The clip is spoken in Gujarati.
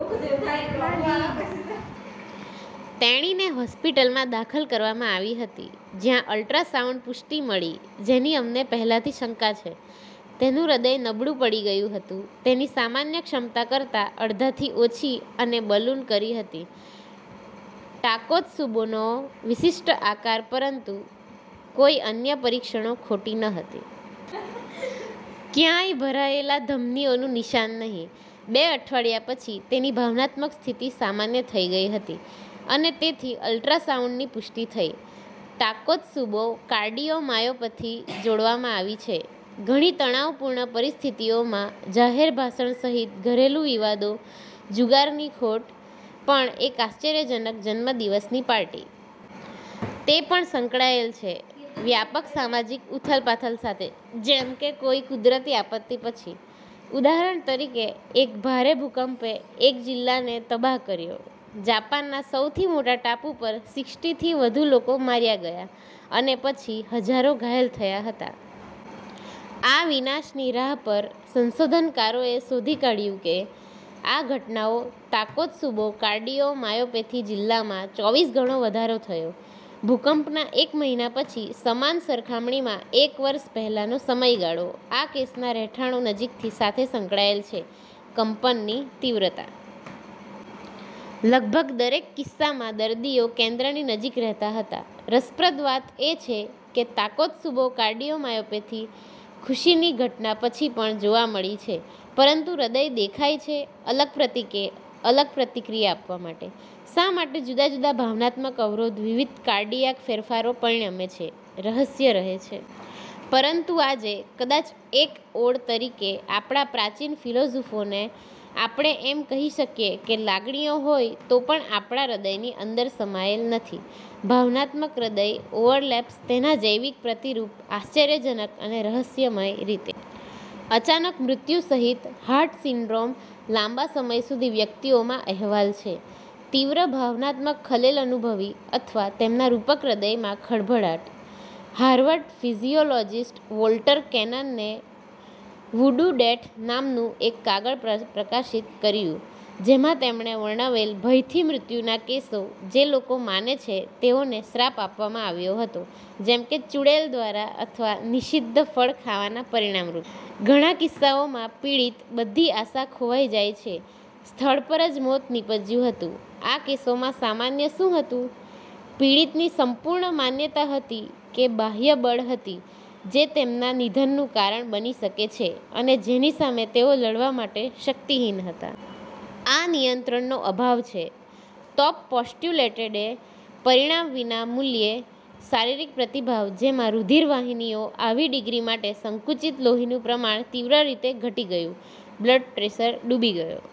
તેણીને હોસ્પિટલમાં દાખલ કરવામાં આવી હતી જ્યાં અલ્ટ્રાસાઉન્ડ પુષ્ટિ મળી જેની અમને પહેલાથી શંકા છે. તેનું હૃદય નબળું પડી ગયું હતું તેની સામાન્ય ક્ષમતા કરતાં અડધાથી ઓછી અને બલૂન કરી હતી ટાકોત્સુબોનો વિશિષ્ટ આકાર પરંતુ કોઈ અન્ય પરીક્ષણો ખોટી ન હતી. ક્યાંય ભરાયેલા ધમનીઓનું નિશાન નહીં. બે અઠવાડિયા પછી તેની ભાવનાત્મક સ્થિતિ સામાન્ય થઈ ગઈ હતી અને તેથી અલ્ટ્રાસાઉન્ડની પુષ્ટિ થઈ. ટાકોત્સુબો કાર્ડિયોમાયોપથી જોડવામાં આવી છે. ઘણી તણાવપૂર્ણ પરિસ્થિતિઓમાં જાહેર ભાષણ સહિત ઘરેલું વિવાદો, જુગારની ખોટ, પણ એક આશ્ચર્યજનક જન્મદિવસની પાર્ટી. તે પણ સંકળાયેલ છે વ્યાપક સામાજિક ઉથલપાથલ સાથે જેમ કે કોઈ કુદરતી આપત્તિ પછી. ઉદાહરણ તરીકે, એક ભારે ભુકંપે એક જિલ્લાને તબાહ કર્યો જાપાનના સૌથી મોટા ટાપુ પર સિક્સટી થી વધુ લોકો માર્યા ગયા અને હજારો ઘાયલ થયા હતા. આ વિનાશની રાહ પર સંશોધનકારોએ શોધી કાદ્યું કે આ ઘટનાઓ ટાકોત્સુબો કાર્ડિયોમાયોપથી જિલ્લામાં ચોવીસ ગણો વધારો થયો ભૂકંપના એક મહિના પછી સમાન સરખામણીમાં એક વર્ષ પહેલાનો સમયગાળો. આ કેસોના રહેઠાણો નજીકથી સાથે સંકળાયેલ છે કંપનની તીવ્રતા. લગભગ દરેક કિસ્સામાં દર્દીઓ કેન્દ્રની નજીક રહેતા હતા. રસપ્રદ વાત એ છે કે ટાકોત્સુબો કાર્ડિયોમિયોપેથી ખુશીની ઘટના પછી પણ જોવા મળી છે. પરંતુ હૃદય દેખાય છે અલગ પ્રતિક્રિયા આપવા માટે. શા માટે જુદા જુદા ભાવનાત્મક અવરોધ વિવિધ કાર્ડિયાક ફેરફારો પરિણમે છે રહસ્ય રહે છે. પરંતુ આજે, કદાચ એક ઓડ તરીકે આપણા પ્રાચીન ફિલસૂફોને આપણે એમ કહી શકીએ કે લાગણીઓ હોય તો પણ આપણા હૃદયની અંદર સમાયેલ નથી, ભાવનાત્મક હૃદય ઓવરલેપ્સ તેના જૈવિક પ્રતિરૂપ, આશ્ચર્યજનક અને રહસ્યમય રીતે. અચાનક મૃત્યુ સહિત હાર્ટ સિન્ડ્રોમ્સ લાંબા સમય સુધી વ્યક્તિઓમાં અહેવાલ છે. તીવ્ર ભાવનાત્મક ખલેલ અનુભવી અથવા તેમના રૂપક હૃદયમાં ખળભળાટ. હાર્વર્ડ ફિઝિયોલોજિસ્ટ વોલ્ટર કેનનને "વૂડુ ડેથ" નામનું એક કાગળ પ્રકાશિત કર્યું જેમાં તેમણે વર્ણવેલ ભયથી મૃત્યુનાં કેસો જે લોકો માને છે તેઓને શ્રાપ આપવામાં આવ્યો હતો જેમ કે ચૂડેલ દ્વારા અથવા નિષિદ્ધ ફળ ખાવાના પરિણામ રૂપે. ઘણા કિસ્સાઓમાં પીડિત, બધી આશા ખોવાઈ જાય છે. સ્થળ પર જ મોત નીપજ્યું હતું. આ કેસોમાં સામાન્ય શું હતું? પીડિતની સંપૂર્ણ માન્યતા હતી કે બાહ્ય બળ હતી જે તેમના નિધનનું કારણ બની શકે છે અને જેની સામે તેઓ લડવા માટે શક્તિહિન હતા. આ નિયંત્રણનો અભાવ છે તોપ પોસ્ટ્યુલેટેડ, પરિણામ વિના મૂલ્યે શારીરિક પ્રતિભાવ જેમાં રુધિરવાહિનીઓ આવી ડિગ્રી માટે સંકુચિત લોહીનું પ્રમાણ તીવ્ર રીતે ઘટી ગયું, બ્લડ પ્રેશર ડૂબી ગયો.